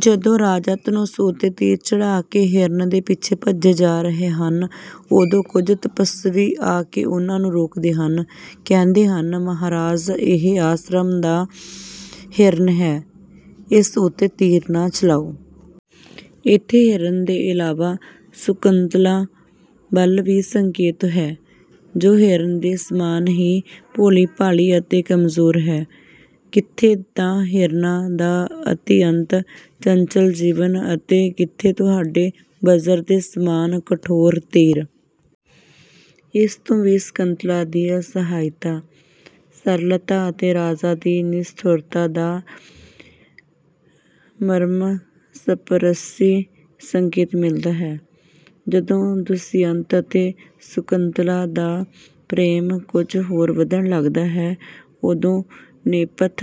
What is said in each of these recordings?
ਜਦੋਂ ਰਾਜਾ ਧਨੁਸ਼ ਉੱਤੇ ਤੀਰ ਚੜ੍ਹਾ ਕੇ ਹਿਰਨ ਦੇ ਪਿੱਛੇ ਭੱਜੇ ਜਾ ਰਹੇ ਹਨ, ਉਦੋਂ ਕੁਝ ਤਪੱਸਵੀ ਆ ਕੇ ਉਨ੍ਹਾਂ ਨੂੰ ਰੋਕਦੇ ਹਨ। ਕਹਿੰਦੇ ਹਨ, “ਮਹਾਰਾਜ! ਇਹ ਆਸ਼ਰਮ ਦਾ ਹਿਰਨ ਹੈ, ਇਸ ਉੱਤੇ ਤੀਰ ਨਾ ਚਲਾਓ।” ਇੱਥੇ ਹਿਰਨ ਦੇ ਇਲਾਵਾ ਸ਼ਕੁੰਤਲਾ ਵੱਲ ਵੀ ਸੰਕੇਤ ਹੈ, ਜੋ ਹਿਰਨ ਦੇ ਸਮਾਨ ਹੀ ਭੋਲੀ-ਭਾਲੀ ਅਤੇ ਕਮਜ਼ੋਰ ਹੈ। “ਕਿੱਥੇ ਤਾਂ ਹਿਰਨਾਂ ਦਾ ਅਤਿਅੰਤ ਚੰਚਲ ਜੀਵਨ ਅਤੇ ਕਿੱਥੇ ਤੁਹਾਡੇ ਵਜਰ ਦੇ ਸਮਾਨ ਕਠੋਰ ਤੀਰ!” ਇਸ ਤੋਂ ਵੀ ਸ਼ਕੁੰਤਲਾ ਦੀ ਅਸਹਾਇਤਾ, ਸਰਲਤਾ ਅਤੇ ਰਾਜਾ ਦੀ ਨਿਸ਼ਠੁਰਤਾ ਦਾ ਮਰਮਸਪਰਸ਼ੀ ਸੰਕੇਤ ਮਿਲਦਾ ਹੈ। ਜਦੋਂ ਦੁਸ਼ਿਅੰਤ ਅਤੇ ਸ਼ਕੁੰਤਲਾ ਦਾ ਪ੍ਰੇਮ ਕੁਝ ਹੋਰ ਵਧਣ ਲੱਗਦਾ ਹੈ, ਉਦੋਂ ਨੇਪਥ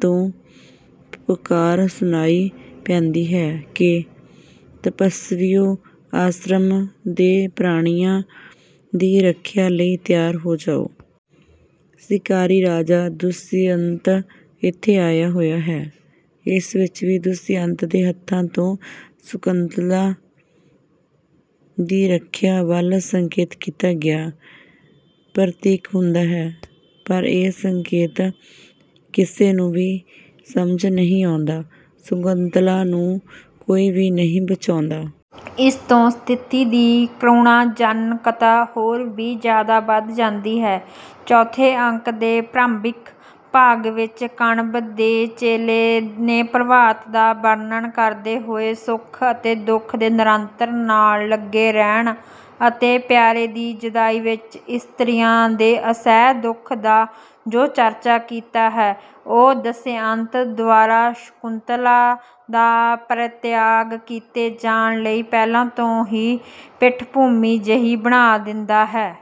ਤੋਂ ਪੁਕਾਰ ਸੁਣਾਈ ਪੈਂਦੀ ਹੈ ਕਿ, “ਤਪੱਸਵੀਓ, ਆਸ਼ਰਮ ਦੇ ਪ੍ਰਾਣੀਆਂ ਦੀ ਰੱਖਿਆ ਲਈ ਤਿਆਰ ਹੋ ਜਾਓ। ਸ਼ਿਕਾਰੀ ਰਾਜਾ ਦੁਸ਼ਿਅੰਤ ਇੱਥੇ ਆਇਆ ਹੋਇਆ ਹੈ।” ਇਸ ਵਿੱਚ ਵੀ ਦੁਸ਼ਿਅੰਤ ਦੇ ਹੱਥਾਂ ਤੋਂ ਸ਼ਕੁੰਤਲਾ ਦੀ ਰੱਖਿਆ ਵੱਲ ਸੰਕੇਤ ਕੀਤਾ ਗਿਆ ਪ੍ਰਤੀਤ ਹੁੰਦਾ ਹੈ, ਪਰ ਇਹ ਸੰਕੇਤ ਕਿਸੇ ਨੂੰ ਵੀ ਸਮਝ ਨਹੀਂ ਆਉਂਦਾ; ਸ਼ਕੁੰਤਲਾ ਨੂੰ ਕੋਈ ਵੀ ਨਹੀਂ ਬਚਾਉਂਦਾ। ਇਸ ਤੋਂ ਸਥਿਤੀ ਦੀ ਕਰੁਣਾਜਨਕਤਾ ਹੋਰ ਵੀ ਜ਼ਿਆਦਾ ਵੱਧ ਜਾਂਦੀ ਹੈ। ਚੌਥੇ ਅੰਕ ਦੇ ਪ੍ਰਾਰੰਭਿਕ ਭਾਗ ਵਿੱਚ ਕਣਵ ਦੇ ਚੇਲੇ ਨੇ ਪ੍ਰਭਾਤ ਦਾ ਵਰਣਨ ਕਰਦੇ ਹੋਏ ਸੁਖ ਅਤੇ ਦੁੱਖ ਦੇ ਨਿਰੰਤਰ ਨਾਲ ਲੱਗੇ ਰਹਿਣ ਅਤੇ ਪਿਆਰੇ ਦੀ ਜੁਦਾਈ ਵਿੱਚ ਇਸਤਰੀਆਂ ਦੇ ਅਸਹਿ ਦੁੱਖ ਦਾ ਜੋ ਚਰਚਾ ਕੀਤਾ ਹੈ, ਉਹ ਦੁਸ਼ਿਅੰਤ ਦੁਆਰਾ ਸ਼ਕੁੰਤਲਾ ਦਾ ਪਰਿਤਿਆਗ ਕੀਤੇ ਜਾਣ ਲਈ ਪਹਿਲਾਂ ਤੋਂ ਹੀ ਪਿੱਠਭੂਮੀ ਜਿਹੀ ਬਣਾ ਦਿੰਦਾ ਹੈ।